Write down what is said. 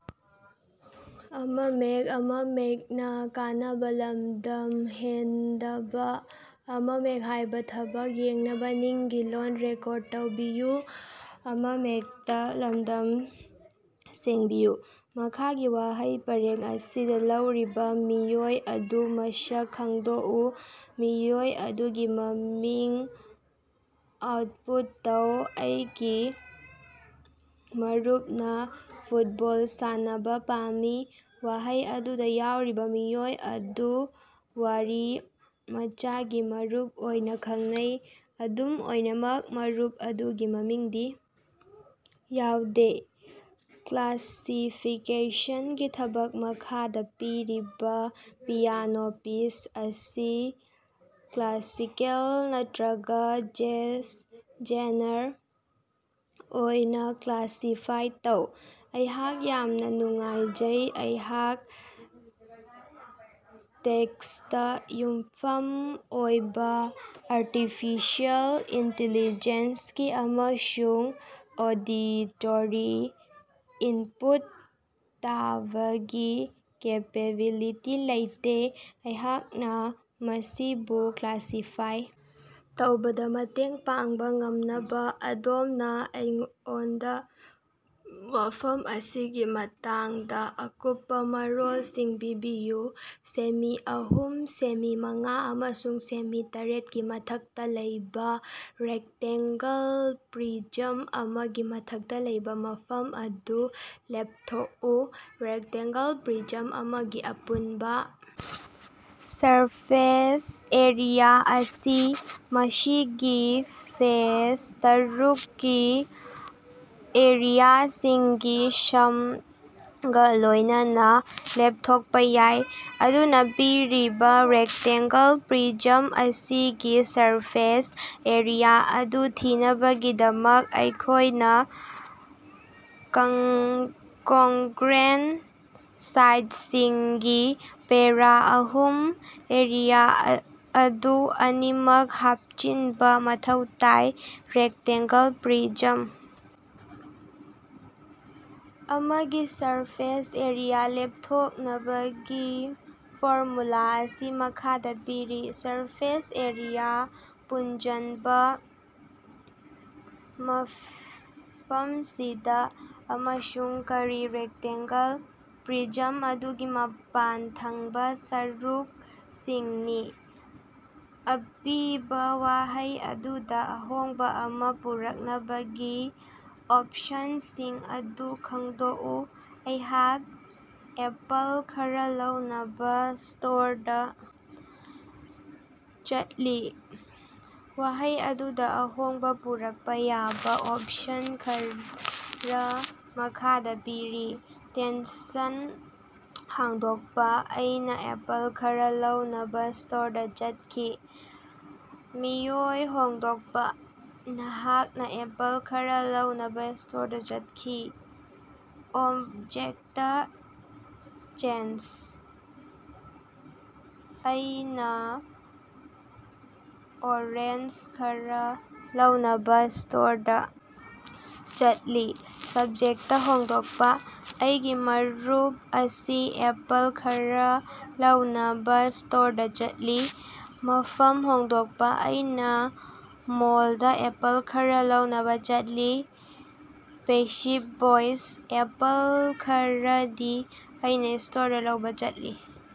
ꯃꯈꯥꯒꯤ ꯋꯥꯍꯩ ꯄꯔꯦꯡ ꯑꯁꯤꯗꯥ ꯂꯩꯔꯤꯕꯥ ꯃꯤꯑꯣꯏ ꯑꯗꯨ ꯃꯁꯛ ꯈꯪꯗꯣꯛꯎ꯫ ꯃꯤꯑꯣꯏ ꯑꯗꯨꯒꯤ ꯃꯃꯤꯡ ꯑꯥꯎꯠꯄꯨꯠ ꯇꯧ꯫ ꯑꯩꯒꯤ ꯃꯔꯨꯞꯅꯥ ꯐꯨꯠꯕꯣꯜ ꯁꯥꯟꯅꯕꯥ ꯄꯥꯝꯃꯤ꯫ ꯋꯥꯍꯩ ꯑꯗꯨꯗꯥ ꯌꯥꯎꯔꯤꯕꯥ ꯃꯤꯑꯣꯏ ꯑꯗꯨ ꯋꯥꯔꯤꯃꯆꯥꯒꯤ ꯃꯔꯨꯞ ꯑꯣꯏꯅꯥ ꯈꯪꯅꯩ, ꯑꯗꯨꯝ ꯑꯣꯏꯅꯃꯛ ꯃꯔꯨꯞ ꯑꯗꯨꯒꯤ ꯃꯃꯤꯡꯗꯤ ꯌꯥꯎꯗꯦ꯫ ꯀ꯭ꯂꯥꯁꯤꯐꯤꯀꯦꯁꯟꯒꯤ ꯊꯕꯛ ꯃꯈꯥꯗꯥ ꯄꯤꯔꯤꯕꯥ ꯄꯤꯌꯥꯅꯣ ꯄꯤꯁ ꯑꯁꯤ ꯀ꯭ꯂꯥꯁꯤꯀꯦꯜ ꯅꯠꯇ꯭ꯔꯒꯥ ꯖꯦꯖ ꯖꯦꯅꯔ ꯑꯣꯏꯅꯥ ꯀ꯭ꯂꯥꯁꯤꯐꯥꯏ ꯇꯧ꯫ ꯑꯩꯍꯥꯛ ꯌꯥꯝꯅꯥ ꯅꯨꯡꯉꯥꯏꯖꯩ, ꯑꯩꯍꯥꯛ ꯇꯦꯛꯁꯇꯥ ꯌꯨꯝꯐꯝ ꯑꯣꯏꯕꯥ ꯑꯔꯇꯤꯐꯤꯁꯦꯜ ꯏꯟꯇꯤꯂꯤꯖꯦꯟꯁꯀꯤ ꯑꯃꯁꯨꯡ ꯑꯣꯗꯤꯇꯣꯔꯤ ꯏꯟꯄꯨꯠ ꯇꯥꯕꯒꯤ ꯀꯦꯄꯦꯕꯤꯂꯤꯇꯤ ꯂꯩꯇꯦ꯫ ꯑꯩꯍꯥꯛꯅꯥ ꯃꯁꯤꯕꯨ ꯀ꯭ꯂꯥꯁꯤꯐꯥꯏ ꯇꯧꯕꯗꯥ ꯃꯇꯦꯡ ꯄꯥꯡꯕꯥ ꯉꯝꯅꯕꯥ ꯑꯗꯣꯝꯅꯥ ꯑꯩꯉꯣꯟꯗꯥ ꯋꯥꯐꯝ ꯑꯁꯤꯒꯤ ꯃꯇꯥꯡꯗꯥ ꯑꯀꯨꯞꯄꯥ ꯃꯔꯣꯜꯁꯤꯡ ꯄꯤꯕꯤꯌꯨ꯫ ꯁꯦꯃꯤ ꯑꯍꯨꯝ ꯁꯦꯃꯤ ꯃꯉꯥ ꯑꯃꯁꯨꯡ ꯁꯦꯃꯤ ꯇꯔꯦꯠꯒꯤ ꯃꯊꯛꯇꯥ ꯂꯩꯕꯥ ꯔꯦꯛꯇꯦꯡꯒꯜ ꯄ꯭ꯔꯤꯖꯝ ꯑꯃꯒꯤ ꯃꯊꯛꯇꯥ ꯂꯩꯕꯥ ꯃꯐꯝ ꯑꯗꯨ ꯂꯦꯞꯊꯣꯛꯎ꯫ ꯔꯦꯛꯇꯦꯡꯒꯜ ꯄ꯭ꯔꯤꯖꯝ ꯑꯃꯒꯤ ꯑꯄꯨꯟꯕꯥ ꯁꯔꯐꯦꯁ ꯑꯦꯔꯤꯌꯥ ꯑꯁꯤ ꯃꯁꯤꯒꯤ ꯐꯦꯁ ꯇꯥꯔꯨꯛꯀꯤ ꯑꯦꯔꯤꯌꯥꯁꯤꯡꯒꯤ ꯁꯝꯒꯥ ꯂꯣꯏꯅꯅꯥ ꯂꯦꯞꯊꯣꯛꯄꯥ ꯌꯥꯏ꯫ ꯑꯗꯨꯅꯥ, ꯄꯤꯔꯤꯕꯥ ꯔꯦꯛꯇꯦꯡꯒꯜ ꯄ꯭ꯔꯤꯖꯝ ꯑꯁꯤꯒꯤ ꯁꯔꯐꯦꯁ ꯑꯦꯔꯤꯌꯥ ꯑꯗꯨ ꯊꯤꯅꯕꯒꯤꯗꯃꯛ, ꯑꯩꯈꯣꯏꯅꯥ ꯀꯪꯒ꯭ꯔꯨꯌꯦꯟ ꯁꯥꯏꯠꯁꯤꯡꯒꯤ ꯄꯦꯔꯥ ꯑꯍꯨꯝꯒꯤ ꯑꯦꯔꯤꯌꯥ ꯑꯗꯨ ꯑꯅꯤꯔꯛ ꯍꯥꯞꯆꯤꯟꯕꯥ ꯃꯊꯧ ꯇꯥꯏ꯫ ꯔꯦꯛꯇꯦꯡꯒꯜ ꯄ꯭ꯔꯤꯖꯝ ꯑꯃꯒꯤ ꯁꯔꯐꯦꯁ ꯑꯦꯔꯤꯌꯥ ꯂꯦꯞꯊꯣꯛꯅꯕꯒꯤ ꯐꯣꯔꯃꯨꯂꯥ ꯑꯁꯤ ꯃꯈꯥꯗꯥ ꯄꯤꯔꯤ: ꯁꯔꯐꯦꯁ ꯑꯦꯔꯤꯌꯥ ꯄꯨꯟꯖꯟꯕ ꯃꯐꯝꯁꯤꯗꯥ ꯑꯃꯁꯨꯡ ꯀꯔꯤ ꯔꯦꯛꯇꯦꯡꯒꯜ ꯄ꯭ꯔꯤꯖꯝ ꯑꯗꯨꯒꯤ ꯃꯄꯥꯟꯊꯪꯕꯥ ꯁꯔꯨꯛꯁꯤꯡꯅꯤ꯫ ꯑꯄꯤꯕꯥ ꯋꯥꯍꯩ ꯑꯗꯨꯗꯥ ꯑꯍꯣꯡꯕꯥ ꯑꯃꯥ ꯄꯨꯔꯛꯅꯕꯒꯤ ꯑꯣꯞꯁꯟꯁꯤꯡ ꯑꯗꯨ ꯈꯪꯗꯣꯛꯎ꯫ ꯑꯩꯍꯥꯛ ꯑꯦꯄꯜ ꯈꯔꯥ ꯂꯧꯅꯕꯥ ꯁ꯭ꯇꯣꯔꯗꯥ ꯆꯠꯂꯤ꯫ ꯋꯥꯍꯩ ꯑꯗꯨꯗꯥ ꯑꯍꯣꯡꯕꯥ ꯄꯨꯔꯛꯄꯥ ꯌꯥꯕꯥ ꯑꯣꯞꯁꯟ ꯈꯔꯥ ꯃꯈꯥꯗꯥ ꯄꯤꯔꯤ: ꯇꯦꯟꯁꯟ ꯍꯥꯡꯗꯣꯛꯄꯥ: ꯑꯩꯅꯥ ꯑꯦꯄꯜ ꯈꯔꯥ ꯂꯧꯅꯕꯥ ꯁ꯭ꯇꯣꯔꯗꯥ ꯆꯠꯈꯤ꯫ ꯃꯤꯑꯣꯏ ꯍꯣꯡꯗꯣꯛꯄꯥ: ꯅꯍꯥꯛꯅꯥ ꯑꯦꯄꯜ ꯈꯔꯥ ꯂꯧꯅꯕꯥ ꯁ꯭ꯇꯣꯔꯗꯥ ꯆꯠꯂꯤ꯫ ꯑꯣꯕꯖꯦꯛꯇ ꯆꯦꯟꯖ: ꯑꯩꯅꯥ ꯑꯣꯔꯦꯟꯖ ꯈꯔꯥ ꯂꯧꯅꯕꯥ ꯁ꯭ꯇꯣꯔꯗꯥ ꯆꯠꯂꯤ꯫ ꯁꯕꯖꯦꯛꯇ ꯍꯣꯡꯗꯣꯛꯄꯥ: ꯑꯩꯒꯤ ꯃꯔꯨꯞ ꯑꯁꯤ ꯑꯦꯄꯜ ꯈꯔꯥ ꯂꯧꯅꯕꯥ ꯁ꯭ꯇꯣꯔꯗꯥ ꯆꯠꯂꯤ꯫ ꯃꯐꯝ ꯍꯣꯡꯗꯣꯛꯄꯥ: ꯑꯩꯅꯥ ꯃꯣꯜꯗꯥ ꯑꯦꯄꯜ ꯈꯔꯥ ꯂꯧꯅꯕꯥ ꯆꯠꯂꯤ꯫ ꯄꯦꯁꯤꯕ ꯚꯣꯏꯁ: ꯑꯦꯄꯜ ꯈꯔꯗꯤ ꯑꯩꯅꯥ ꯁ꯭ꯇꯣꯔꯗꯥ ꯂꯧꯕꯥ ꯆꯠꯂꯤ꯫